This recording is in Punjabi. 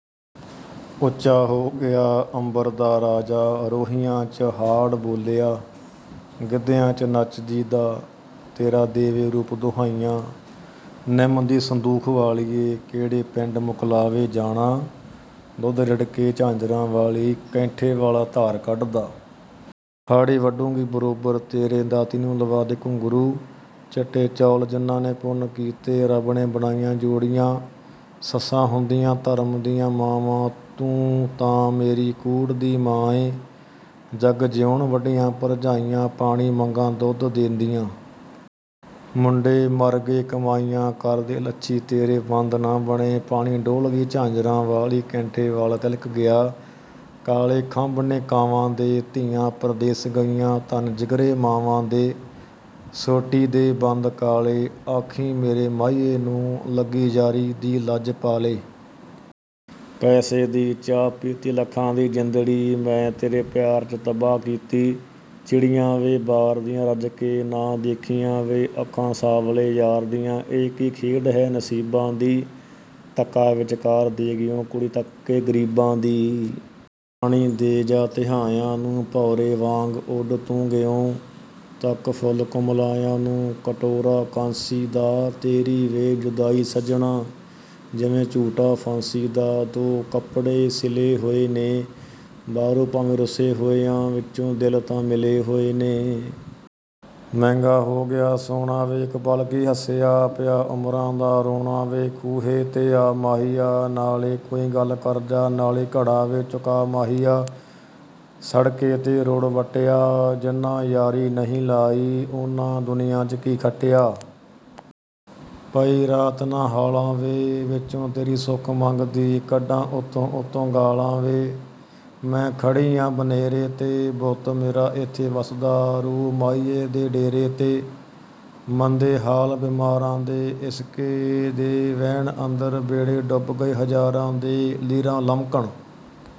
ਉੱਚਾ ਹੋ ਗਿਆ ਅੰਬਰ ਦਾ ਰਾਜਾ, ਰੋਹੀਆਂ 'ਚ ਹਾਅੜ ਬੋਲਿਆ। ਗਿੱਧਿਆਂ 'ਚ ਨੱਚਦੀ ਦਾ, ਤੇਰਾ ਦੇਵੇ ਰੂਪ ਦੁਹਾਈਆਂ। ਨਿੰਮ ਦੇ ਸੰਦੂਖ ਵਾਲੀਏ, ਕਿਹੜੇ ਪਿੰਡ ਮੁਕਲਾਵੇ ਜਾਣਾ? ਦੁੱਧ ਰਿੜਕੇ ਝਾਂਜਰਾਂ ਵਾਲੀ, ਕੈਂਠੇ ਵਾਲਾ ਧਾਰ ਕੱਢਦਾ। ਹਾੜ੍ਹੀ ਵਢੂੰਗੀ ਬਰੋਬਰ ਤੇਰੇ, ਦਾਤੀ ਨੂੰ ਲਵਾ ਦੇ ਘੁੰਗਰੂ। ਚਿੱਟੇ ਚੌਲ, ਜਿਨ੍ਹਾਂ ਨੇ ਪੁੰਨ ਕੀਤੇ, ਰੱਬ ਨੇ ਬਣਾਈਆਂ ਜੋੜੀਆਂ। ਸੱਸਾਂ ਹੁੰਦੀਆਂ ਧਰਮ ਦੀਆਂ ਮਾਵਾਂ, ਤੂੰ ਤਾਂ ਮੇਰੀ ਕੂੜ ਦੀ ਮਾਂ ਏਂ। ਜੱਗ ਜੀਉਣ ਵੱਡੀਆਂ ਭਰਜਾਈਆਂ, ਪਾਣੀ ਮੰਗਾਂ ਦੁੱਧ ਦੇਂਦੀਆਂ। ਮੁੰਡੇ ਮਰਗੇ ਕਮਾਈਆਂ ਕਰਦੇ, ਲੱਛੀ ਤੇਰੇ ਬੰਦ ਨਾ ਬਣੇ। ਪਾਣੀ ਡੋਲ੍ਹਗੀ ਝਾਂਜਰਾਂ ਵਾਲੀ, ਕੈਂਠੇ ਵਾਲਾ ਤਿਲ੍ਹਕ ਗਿਆ। ਕਾਲੇ ਖੰਭ ਨੇ ਕਾਵਾਂ ਦੇ, ਧੀਆਂ ਪ੍ਰਦੇਸ ਗਈਆਂ, ਧੰਨ ਜਿਗਰੇ ਮਾਵਾਂ ਦੇ। ਸੋਟੀ ਦੇ ਬੰਦ ਕਾਲੇ, ਆਖੀਂ ਮੇਰੇ ਮਾਹੀਏ ਨੂੰ, ਲੱਗੀ ਯਾਰੀ ਦੀ ਲੱਜ ਪਾਲੇ। ਪੈਸੇ ਦੀ ਚਾਹ ਪੀਤੀ, ਲੱਖਾਂ ਦੀ ਜਿੰਦੜੀ ਮੈਂ ਤੇਰੇ ਪਿਆਰ 'ਚ ਤਬਾਹ ਕੀਤੀ। ਚਿੜੀਆਂ ਵੇ ਬਾਰ ਦੀਆਂ, ਰੱਜ ਕੇ ਨਾ ਦੇਖੀਆਂ ਵੇ, ਅੱਖਾਂ ਸਾਂਵਲੇ ਯਾਰ ਦੀਆਂ। ਇਹ ਕੀ ਖੇਡ ਹੈ ਨਸੀਬਾਂ ਦੀ, ਧੱਕਾ ਵਿਚਕਾਰ ਦੇ ਗਿਉਂ, ਕੁੜੀ ਤੱਕ ਕੇ ਗ਼ਰੀਬਾਂ ਦੀ। ਪਾਣੀ ਦੇ ਜਾ ਤਿਹਾਇਆਂ ਨੂੰ, ਭੌਰੇ ਵਾਂਗ ਉੱਡ ਤੂੰ ਗਿਉਂ, ਤੱਕ ਫੁੱਲ ਕੁਮਲਾਇਆਂ ਨੂੰ। ਕਟੋਰਾ ਕਾਂਸੀ ਦਾ, ਤੇਰੀ ਵੇ ਜੁਦਾਈ ਸੱਜਣਾ, ਜਿਵੇਂ ਝੂਟਾ ਫਾਂਸੀ ਦਾ। ਦੋ ਕਪੜੇ ਸਿਲੇ ਹੋਏ ਨੇ, ਬਾਹਰੋਂ ਭਾਵੇਂ ਰੁੱਸੇ ਹੋਏ ਹਾਂ, ਵਿਚੋਂ ਦਿਲ ਤਾਂ ਮਿਲੇ ਹੋਏ ਨੇ। ਮਹਿੰਗਾ ਹੋ ਗਿਆ ਸੋਨਾ ਵੇ, ਇਕ ਪਲ ਕੀ ਹੱਸਿਆ, ਪਿਆ ਉਮਰਾਂ ਦਾ ਰੋਣਾ ਵੇ। ਖੂਹੇ ਤੇ ਆ ਮਾਹੀਆ, ਨਾਲੇ ਕੋਈ ਗੱਲ ਕਰ ਜਾ, ਨਾਲੇ ਘੜਾ ਵੇ ਚੁਕਾ ਮਾਹੀਆ। ਸੜਕੇ ਤੇ ਰੁੜ੍ਹ ਵੱਟਿਆ, ਜਿਨ੍ਹਾਂ ਯਾਰੀ ਨਹੀਂ ਲਾਈ, ਉਨ੍ਹਾਂ ਦੁਨੀਆਂ 'ਚ ਕੀ ਖੱਟਿਆ? ਪਈ ਰਾਤ ਨਾ ਹਾਲਾਂ ਵੇ, ਵਿੱਚੋਂ ਤੇਰੀ ਸੁਖ ਮੰਗਦੀ, ਕੱਢਾਂ ਉਤੋਂ-ਉਤੋਂ ਗਾਲਾਂ ਵੇ। ਮੈਂ ਖੜੀ ਆਂ ਬਨੇਰੇ 'ਤੇ, ਬੁੱਤ ਮੇਰਾ ਏਥੇ ਵਸਦਾ, ਰੂਹ ਮਾਹੀਏ ਦੇ ਡੇਰੇ 'ਤੇ। ਮੰਦੇ ਹਾਲ ਬੀਮਾਰਾਂ ਦੇ, ਇਸ਼ਕੇ ਦੇ ਵਹਿਣ ਅੰਦਰ, ਬੇੜੇ ਡੁੱਬ ਗਏ ਹਜ਼ਾਰਾਂ ਦੇ। ਲੀਰਾਂ ਲਮਕਣ।